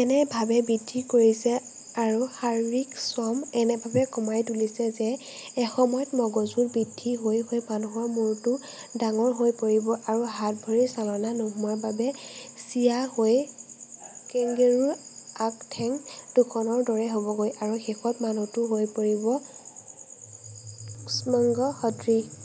এনেভাবে বৃদ্ধি কৰিছে আৰু শাৰীৰিক শ্ৰম এনেভাবে কমাই তুলিছে যে এসময়ত মগজুৰ বৃদ্ধি হৈ হৈ মানুহৰ মুৰটো ডাঙৰ হৈ পৰিব আৰু হাত-ভৰিৰ চালনা নোহোৱাৰ বাবে চিঁয়া হৈ কেংগেৰুৰ আগ ঠেং দুখনৰ দৰে হ'বগৈ; আৰু শেষত মানুহটো হৈ পৰিব কুষ্মাণ্ডসদৃশ।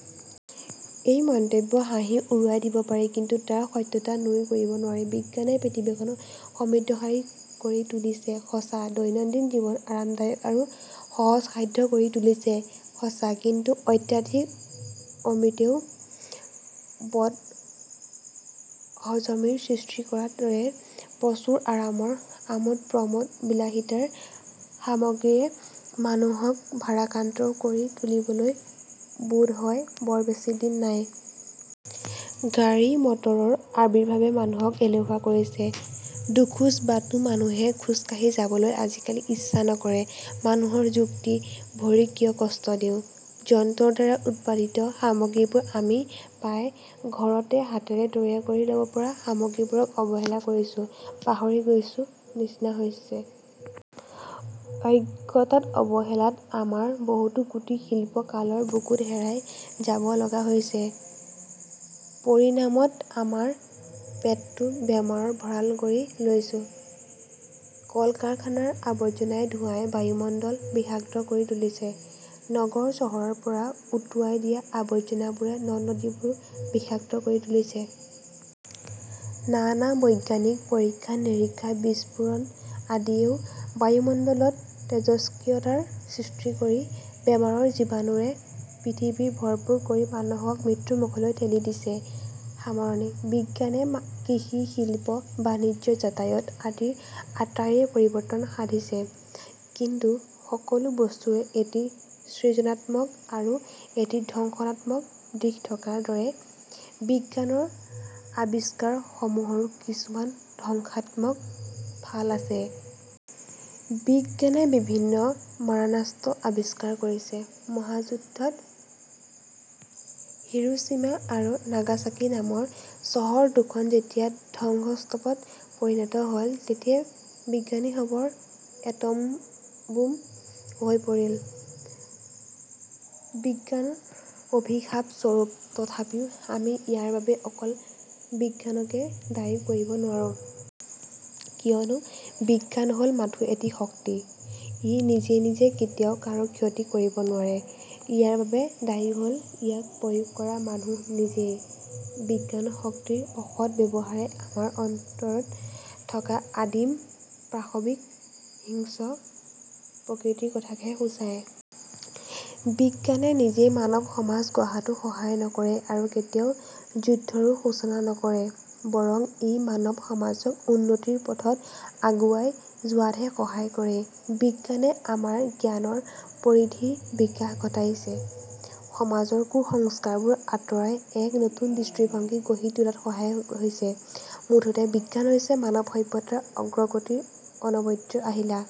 এই মন্তব্য হাঁহি উৰুৱাই দিব পাৰি; কিন্তু তাৰ সত্যতা নুই কৰিব নোৱাৰি। বিজ্ঞানে পৃথিৱীখন সমৃদ্ধিশালী কৰি তুলিছে সঁচা, দৈনন্দিন জীৱন আৰামদায়ক আৰু সহজ-সাধ্য কৰি তুলিছে সঁচা, কিন্তু অত্যধিক অমৃতেও বদহজমীৰ সৃষ্টি কৰাৰ দৰে, প্ৰচুৰ আৰামৰ, আমোদ-প্ৰমোদৰ, বিলাসিতাৰ সামগ্ৰীয়ে মানুহক ভাৰাক্ৰান্তও কৰি তুলিবলৈ বোধহয় বৰ বেছি দিন নাই। গাড়ী মটৰৰ আবিৰ্ভাৱে মানুহক এলেহুৱা কৰিছে, দুখোজ বাটো মানুহে খোজ কাঢ়ি যাবলৈ আজিকালি ইচ্ছা নকৰে। মানুহৰ যুক্তি ভৰিক কিয় কষ্ট দিওঁ? যন্ত্ৰৰ দ্বাৰা উৎপাদিত সামগ্ৰীবোৰ পাই আমি ঘৰতে হাতেৰে তৈয়াৰ কৰি ল'ব পৰা সামগ্ৰীবোৰক অৱহেলা কৰিছো, পাহৰি গৈছো; নিচিনা হৈছো। অজ্ঞতাত অবহেলাত আমাৰ বহুতো কুটীৰ-শিল্প কালৰ বুকুত হেৰাই যাব লগা হৈছে। পৰিণামত আমাৰ পেটটো বেমাৰৰ ভঁৰাল কৰি লৈছো। কল-কাৰখানাৰ আৱৰ্জনাই ধোঁৱাই বায়ুমণ্ডল বিষাক্ত কৰি তুলিছে, নগৰ-চহৰৰ পৰা উটুৱাই দিয়া আৱৰ্জনাবোৰে নদ-নদীবোৰো বিষাক্ত কৰি তুলিছে। নানা বৈজ্ঞানিক পৰীক্ষা-নিৰীক্ষা, বিস্ফোৰণ আদিয়েও বায়ুমণ্ডলত তেজস্ক্ৰিয়তাৰ সৃষ্টি কৰি, বেমাৰৰ জীৱাণুৰে পৃথিৱী ভৰপূৰ কৰি মানুহক মৃত্যু মুখলৈ ঠেলি দিছে। সামৰণিঃ বিজ্ঞানে কৃষি, শিল্প, বাণিজ্য, যাতায়ত আদি আটাইৰে পৰিবৰ্তন সাধিছে। কিন্তু সকলো বস্তুৰে এটি সৃজনাত্মক আৰু এটি ধ্বংসাত্মক দিশ থকাৰ দৰে বিজ্ঞানৰ আৱিষ্কাৰ সমূহৰো কিছুমান ধ্বংসাত্মক ফাল আছে। বিজ্ঞানে বিভিন্ন মাৰাণাস্ত্ৰ আৱিষ্কাৰ কৰিছে। মহাযুদ্ধত 'হিৰোশ্বিমা' আৰু 'নাগাচাকি' নামৰ চহৰ দুখন যেতিয়া ধংসস্তুপত পৰিণত হ'ল, তেতিয়া বিজ্ঞানীসৱৰ 'এটমবোম' হৈ পৰিল বিজ্ঞানৰ অভিশাপ স্বৰূপ। তথাপিও আমি ইয়াৰ বাবে অকল বিজ্ঞানকে দায়ী কৰিব নোৱাৰোঁ। কিয়নো, বিজ্ঞান হ'ল মাথো এটি শক্তি। ই নিজে নিজে কেতিয়াও কাৰো ক্ষতি কৰিব নোৱাৰে। ইয়াৰ বাবে দায়ী হ'ল ইয়াক প্ৰয়োগ কৰা মানুহ নিজেই। বিজ্ঞান শক্তিৰ অসৎ ব্যৱহাৰে আমাৰ অন্তৰত থকা আদিম পাশৱিক হিংস্ৰ – প্ৰকৃতিৰ কথাকেহে সুচায়। বিজ্ঞানে নিজে মানৱ সমাজ গঢ়াতো সহায় নকৰে আৰু কেতিয়াও যুদ্ধৰো সুচনা নকৰে, বৰং ই মানৱ সমাজক উন্নতিৰ পথত আগুৱাই যোৱাতহে সহায় কৰে। বিজ্ঞানে আমাৰ জ্ঞানৰ পৰিধিৰ বিকাশ ঘটাইছে। সমাজৰ কু-সংস্কাৰবোৰ আঁতৰাই এক নতুন দৃষ্টি-ভংগী গঢ়ি তোলাত সহায়ক হৈছে। মুঠতে বিজ্ঞান হৈছে মানৱ-সভ্যতাৰ অগ্ৰগতিৰ অনবদ্য আহিলা।